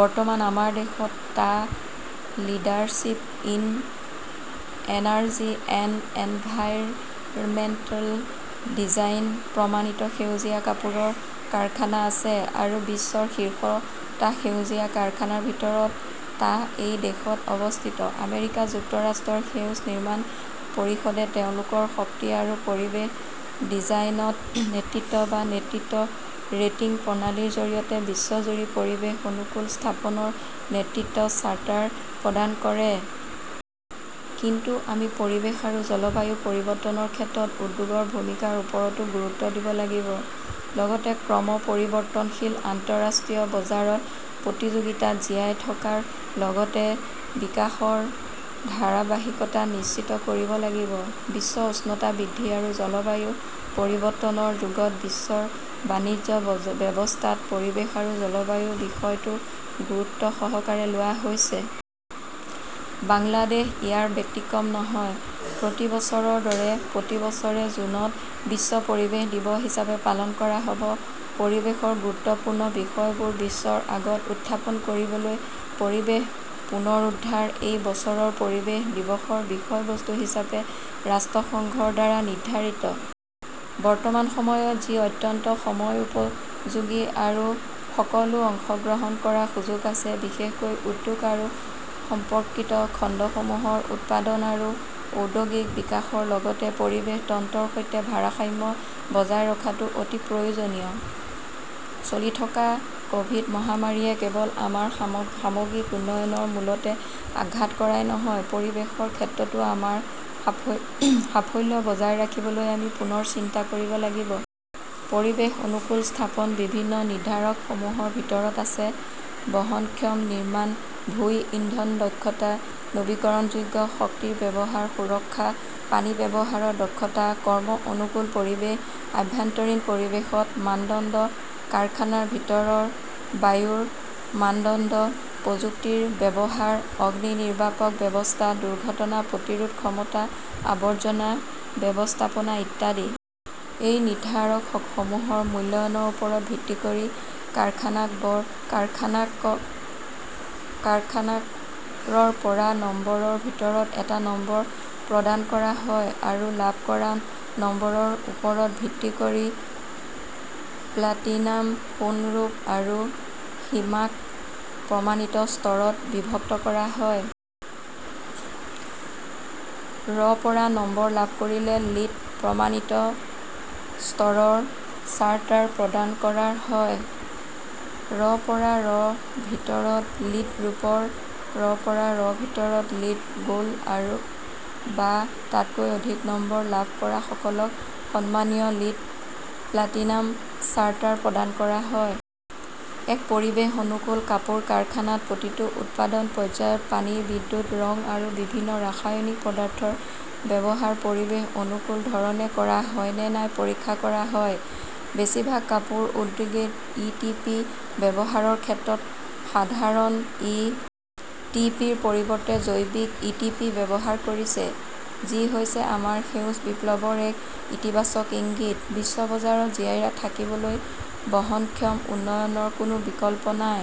বৰ্তমান আমাৰ দেশত টা leadership in energy and environmental design প্ৰমাণিত সেউজীয়া কাপোৰৰ কাৰখানা আছে, আৰু বিশ্বৰ শীৰ্ষ টা সেউজীয়া কাৰখানাৰ ভিতৰত টা এই দেশত অৱস্থিত। আমেৰিকা যুক্তৰাষ্ট্ৰৰ সেউজ নিৰ্মাণ পৰিষদে তেওঁলোকৰ শক্তি আৰু পৰিৱেশ ডিজাইনত নেতৃত্ব বা নেতৃত্ব ৰেটিং প্ৰণালীৰ জৰিয়তে বিশ্বজুৰি পৰিৱেশ-অনুকূল স্থাপনৰ নেতৃত্ব চাৰ্টাৰ প্ৰদান কৰে। কিন্তু আমি পৰিৱেশ আৰু জলবায়ু পৰিৱৰ্তনৰ ক্ষেত্ৰত উদ্যোগৰ ভূমিকাৰ ওপৰতো গুৰুত্ব দিব লাগিব, লগতে ক্ৰম-পৰিৱৰ্তনশীল আন্তঃৰাষ্ট্ৰীয় বজাৰত প্ৰতিযোগিতাত জীয়াই থকাৰ লগতে বিকাশৰ ধাৰাবাহিকতা নিশ্চিত কৰিব লাগিব। বিশ্ব উষ্ণতা বৃদ্ধি আৰু জলবায়ু পৰিৱৰ্তনৰ যুগত বিশ্ব বাণিজ্য ব্যৱস্থাত পৰিৱেশ আৰু জলবায়ুৰ বিষয়টো গুৰুত্বসহকাৰে লোৱা হৈছে। বাংলাদেশ ইয়াৰ ব্যতিক্ৰম নহয়। প্ৰতি বছৰৰ দৰে, প্ৰতি বছৰে জুনত বিশ্ব পৰিৱেশ দিৱস হিচাপে পালন কৰা হ 'ব, পৰিৱেশৰ গুৰুত্বপূৰ্ণ বিষয়বোৰ বিশ্বৰ আগত উত্থাপন কৰিবলৈ। 'পৰিৱেশ পুনৰুদ্ধাৰ' এই বছৰৰ পৰিৱেশ দিৱসৰ বিষয়বস্তু হিচাপে ৰাষ্ট্ৰসংঘৰ দ্বাৰা নিৰ্ধাৰিত। বৰ্তমানৰ সময়ত, যি অত্যন্ত সময়োপযোগী আৰু সকলোৱে অংশগ্ৰহণ কৰাৰ সুযোগ আছে, বিশেষকৈ উদ্যোগ আৰু সম্পৰ্কিত খণ্ডসমূহৰ উৎপাদন আৰু ঔদ্যোগিক বিকাশৰ লগতে পৰিৱেশ তন্ত্ৰৰ সৈতে ভাৰসাম্য বজাই ৰখাটো অতি প্ৰয়োজনীয়। চলি থকা ক "ভিড- মহামাৰীয়ে কেৱল আমাৰ সামগ্ৰিক উন্নয়নৰ মূলতে আঘাত কৰাই নহয়, পৰিৱেশৰ ক্ষেত্ৰতো আমাৰ সাফল্য বজাই ৰাখিবলৈ আমি পুনৰ চিন্তা কৰিব লাগিব। পৰিৱেশ-অনুকূল স্থাপনৰ বিভিন্ন নিৰ্ধাৰকসমূহৰ ভিতৰত আছে-বহনক্ষম নিৰ্মাণ ভূমি, ইন্ধন দক্ষতা, নৱীকৰণযোগ্য শক্তিৰ ব্যৱহাৰ, সুৰক্ষা, পানী ব্যৱহাৰৰ দক্ষতা, কৰ্ম-অনুকূল পৰিৱেশ, আভ্যন্তৰীণ পৰিৱেশগত মানদণ্ড, কাৰখানাৰ ভিতৰৰ বায়ুৰ মানদণ্ড, প্ৰযুক্তিৰ ব্যৱহাৰ, অগ্নিনিৰ্বাপক ব্যৱস্থা, দুৰ্ঘটনা প্ৰতিৰোধ ক্ষমতা, আৱৰ্জনা ব্যৱস্থাপনা ইত্যাদি। এই নিৰ্ধাৰকসমূহৰ মূল্যায়নৰ ওপৰত ভিত্তি কৰি কাৰখানাক ৰ পৰা নম্বৰৰ ভিতৰত এটা নম্বৰ প্ৰদান কৰা হয় আৰু লাভ কৰা নম্বৰৰ ওপৰত ভিত্তি কৰি প্লাটিনাম, সোণ, ৰূপ আৰু সীমাক প্ৰমাণিত স্তৰত বিভক্ত কৰা হয়। ৰ পৰা নম্বৰ লাভ কৰিলে লিড প্ৰমাণিত স্তৰৰ চাৰ্টাৰ প্ৰদান কৰা হয়; ৰ পৰা ৰ ভিতৰত লিড ৰূপৰ, ৰ পৰা ৰ ভিতৰত লিড গোল্ড আৰু বা তাতকৈ অধিক নম্বৰ লাভ কৰাসকলক সন্মানীয় লিড প্লাটিনাম চাৰ্টাৰ প্ৰদান কৰা হয়। এক পৰিৱেশ-অনুকূল কাপোৰ কাৰখানাত প্ৰতিটো উৎপাদন পৰ্যায়ত পানী, বিদ্যুৎ, ৰং আৰু বিভিন্ন ৰাসায়নিক পদাৰ্থৰ ব্যৱহাৰ পৰিৱেশ-অনুকূল ধৰণে কৰা হয় নে নাই পৰীক্ষা কৰা হয়। বেছিভাগ কাপোৰ উদ্যোগই ই. টি. পি. ব্যৱহাৰৰ ক্ষেত্ৰত সাধাৰণ ই. টি. পি. -ৰ পৰিৱৰ্তে জৈৱিক ই. টি. পি. ব্যৱহাৰ কৰি আছে, যি হৈছে আমাৰ সেউজ বিপ্লৱৰ এক ইতিবাচক ইংগিত। বিশ্ব বজাৰত জীয়াই থাকিবলৈ বহনক্ষম উন্নয়নৰ কোনো বিকল্প নাই।